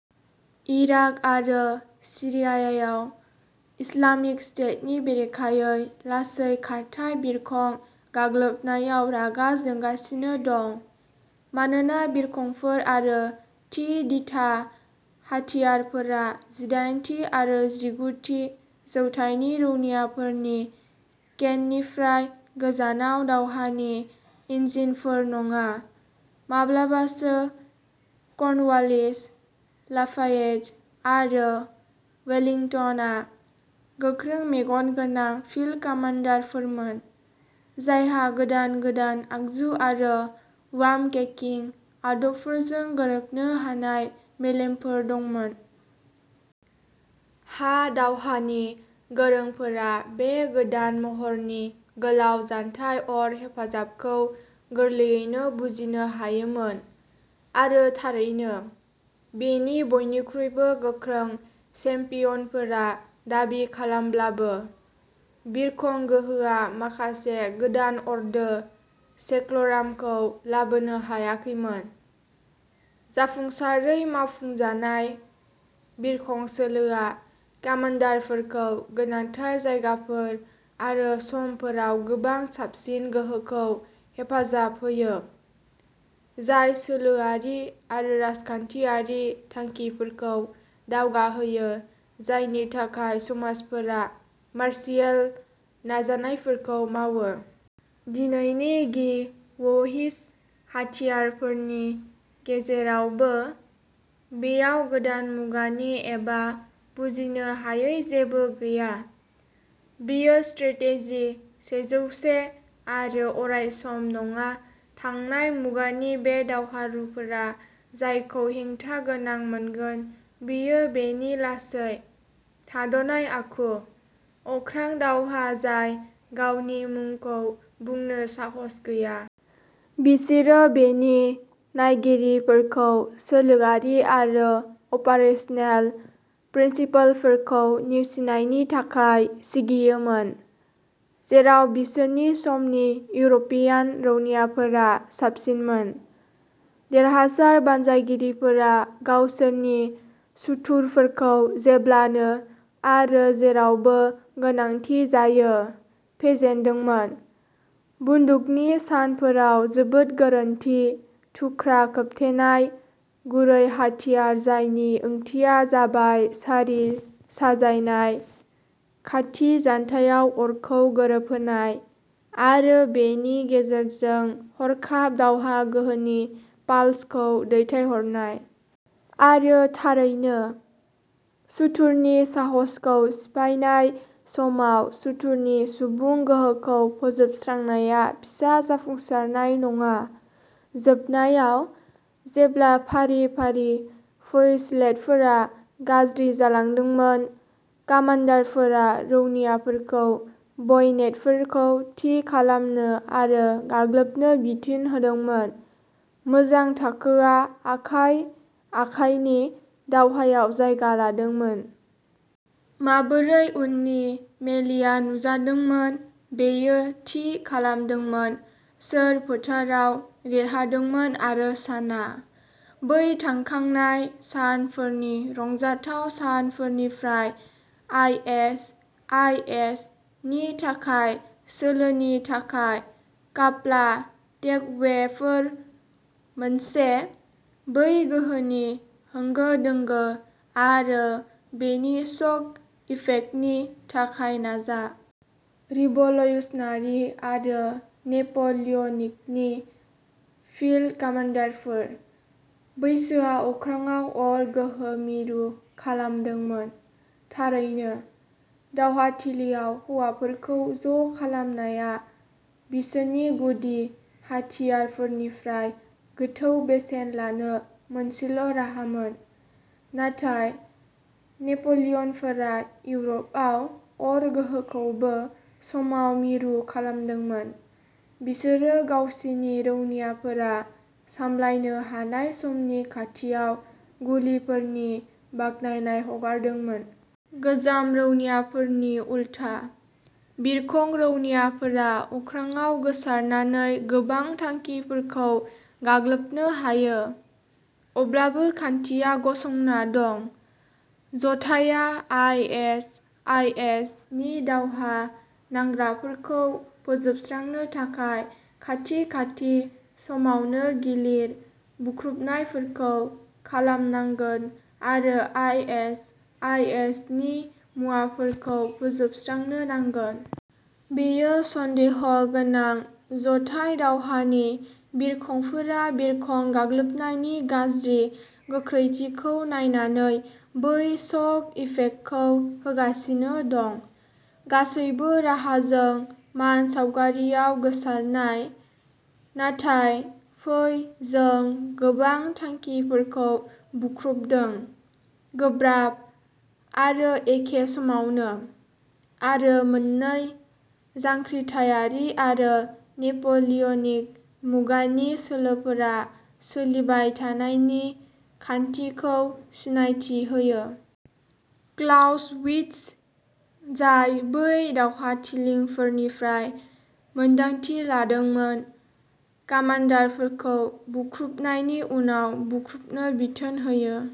Iraq आरो सीरियायाव Islamic स्टेटनि बेरेखायै लासै खारथाय बिरखं गाग्लोबनायाव रागा जोंगासिनो दं। मानोना बिरखंफोर आरो थि-दिथा हाथियारफोरा जिदायेनथि आरो जिगुथि जौथाइनि रौनियाफोरनि केननिफ्राय गोजानाव दावहानि इन्जिनफोर नङा। माब्लाबासो कर्नवालिस, लाफायेट आरो वेलिंटनआ गोख्रों मेगन गोनां फील्ड कामान्डारफोरमोन, जायहा गोदान गोदान आगजु आरो वार्मकेकिं आदबफोरजों गोरोबनो हानाय मेलेमफोर दंमोन। हा दावहानि गोरोंफोरा बे गोदान महरनि गोलाव जानथाय अर हेफाजाबखौ गोरलैयैनो बुजिनो हायोमोन। आरो थारैनो, बेनि बयनिख्रुइबो गोख्रों चेम्पियनफोरा दाबि खालामब्लाबो, बिरखं गोहोआ माखासे गोदान अर्दो सेक्ल'रामखौ लाबोनो हायाखैमोन। जाफुंसारै मावफुंजानाय, बिरखं सोलोआ कामान्डारफोरखौ गोनांथार जायगाफोर आरो समफोराव गोबां साबसिन गोहोखौ हेफाजाब होयो, जाय सोलोआरि आरो राजखान्थियारि थांखिफोरखौ दावगाहोयो जायनि थाखाय समाजफोरा मार्शियेल नाजानायफोरखौ मावो। दिनैनि गि व्हिज हाथियारफोरनि गेजेरावबो, बेयाव गोदान मुगानि एबा बुजिनो हायै जेबो गैया। बेयो स्ट्राटेजि सेजौसे आरो अरायसम नङा थांनाय मुगानि बे दावहारुफोरा जायखौ हेंथा गोनां मोनगोन बेयो बेनि लासै, थाद'नाय आखु। अख्रां दावहा जाय गावनि मुंखौ बुंनो साहस गैया। बिसोरो बेनि नायगिरिफोरखौ सोलोआरि आरो अपारेसनेल प्रिन्सिपलफोरखौ नेवसिनायनि थाखाय सिगियोमोन, जेराव बिसोरनि समनि इउर'पियान रौनियाफोरा साबसिनमोन। देरहासार बानजायगिरिफोरा गावसोरनि सुथुरफोरखौ जेब्लानो आरो जेरावबो गोनांथि जायो, फेजेनदोंमोन। बन्दुकनि सानफोराव जोबोद गोरोन्थि, थुख्रा खोबथेनाय, गुरै हाथियार जायनि ओंथिया जाबाय सारि साजायनाय, खाथि जानथायाव अरखौ गोरोबहोनाय, आरो बेनि गेजेरजों हरखाब दावहा गोहोनि पाल्सखौ दैथायहरनाय। आरो थारैनो, सुथुरनि साहसखौ सिफायनाय समाव सुथुरनि सुबुं गोहोखौ फोजोबस्रांनाया फिसा जाफुंसारनाय नङा। जोबनायाव, जेब्ला फारि-फारि फ्युसिलेडफोरा गाज्रि जालांदोंमोन, कामान्डारफोरा रौनियाफोरखौ बयनेटफोरखौ थि खालामनो आरो गाग्लोबनो बिथोन होदोंमोन। मोजां थाखोआ आखाइ-आखाइनि दावहायाव जायगा लादोंमोन। माबोरै उननि मेलिआ नुजादोंमोन बेयो थि खालामदोंमोन सोर फोथाराव देरहादोंमोन आरो साना। बै थांखांनाय सानफोरनि रंजाथाव सानफोरनिफ्राय आइ एस आइ एस नि थाखाय सोलोनि थाखाय काप्ला टेकअवेफोर। मोनसे, बै गोहोनि होंगो दोंगो आरो बेनि शक इफेक्टनि थाखाय नाजा। रिभ'ल्युश'नारि आरो नेप'लिय'निकनि फील्ड कामान्डारफोर। बैसोआ अख्राङाव अर गोहो मिरु खालामदोंमोन, थारैनो। दावहाथिलियाव हौवाफोरखौ ज'खालामनाया बिसोरनि गुदि हाथियारफोरनिफ्राय गोथौ बेसेन लानो मोनसेल' राहामोन। नाथाय नेप'लियनफोरा इउर'पआव अर गोहोखौबो समाव मिरु खालामदोंमोन। बिसोरो गावसिनि रौनियाफोरा सामलायनो हानाय समनि खाथियाव गुलिफोरनि बाख्नायनाय हगारदोंमोन। गोजाम रौनियाफोरनि उलथा, बिरखं रौनियाफोरा अख्राङाव गोसारनानै गोबां थांखिफोरखौ गाग्लोबनो हायो। अब्लाबो खान्थिया गसंना दं। जथाइया आइ एस आइ एस नि दावहा नांग्राफोरखौ फोजोबस्रांनो थाखाय खाथि-खाथि समावनो गिलिर बुख्रुनायफोरखौ खालामनांगोन आरो आइ एस आइ एस नि मुवाफोरखौ फोजोबस्रांनो नांगोन। बेयो सन्देह गोनां जथाइ दावहानि बिरखंफोरा बिरखं गाग्लोबनायनि गाज्रि गोख्रैथिखौ नायनानै बै शक इफेक्टखौ होगासिनो दं। गासैबो राहाजों मानसावगारियाव गोसारनाय, नाथाय फै जों गोबां थांखिफोरखौ बुख्रुबदों, गोब्राब, आरो एखे समावनो। आरो मोननै, जांख्रिथायारि आरो नेप'लियनिक मुगानि सोलोफोरा सोलिबाय थानाय नि खान्थिखौ सिनायथि होयो। क्लाउसविट्ज, जाय बै दावहाथिलिफोरनिफ्राय मोनदांथि लादोंमोन, कामान्डारफोरखौ बुख्रुबनायनि उनाव बुख्रुबनो बिथोन होयो।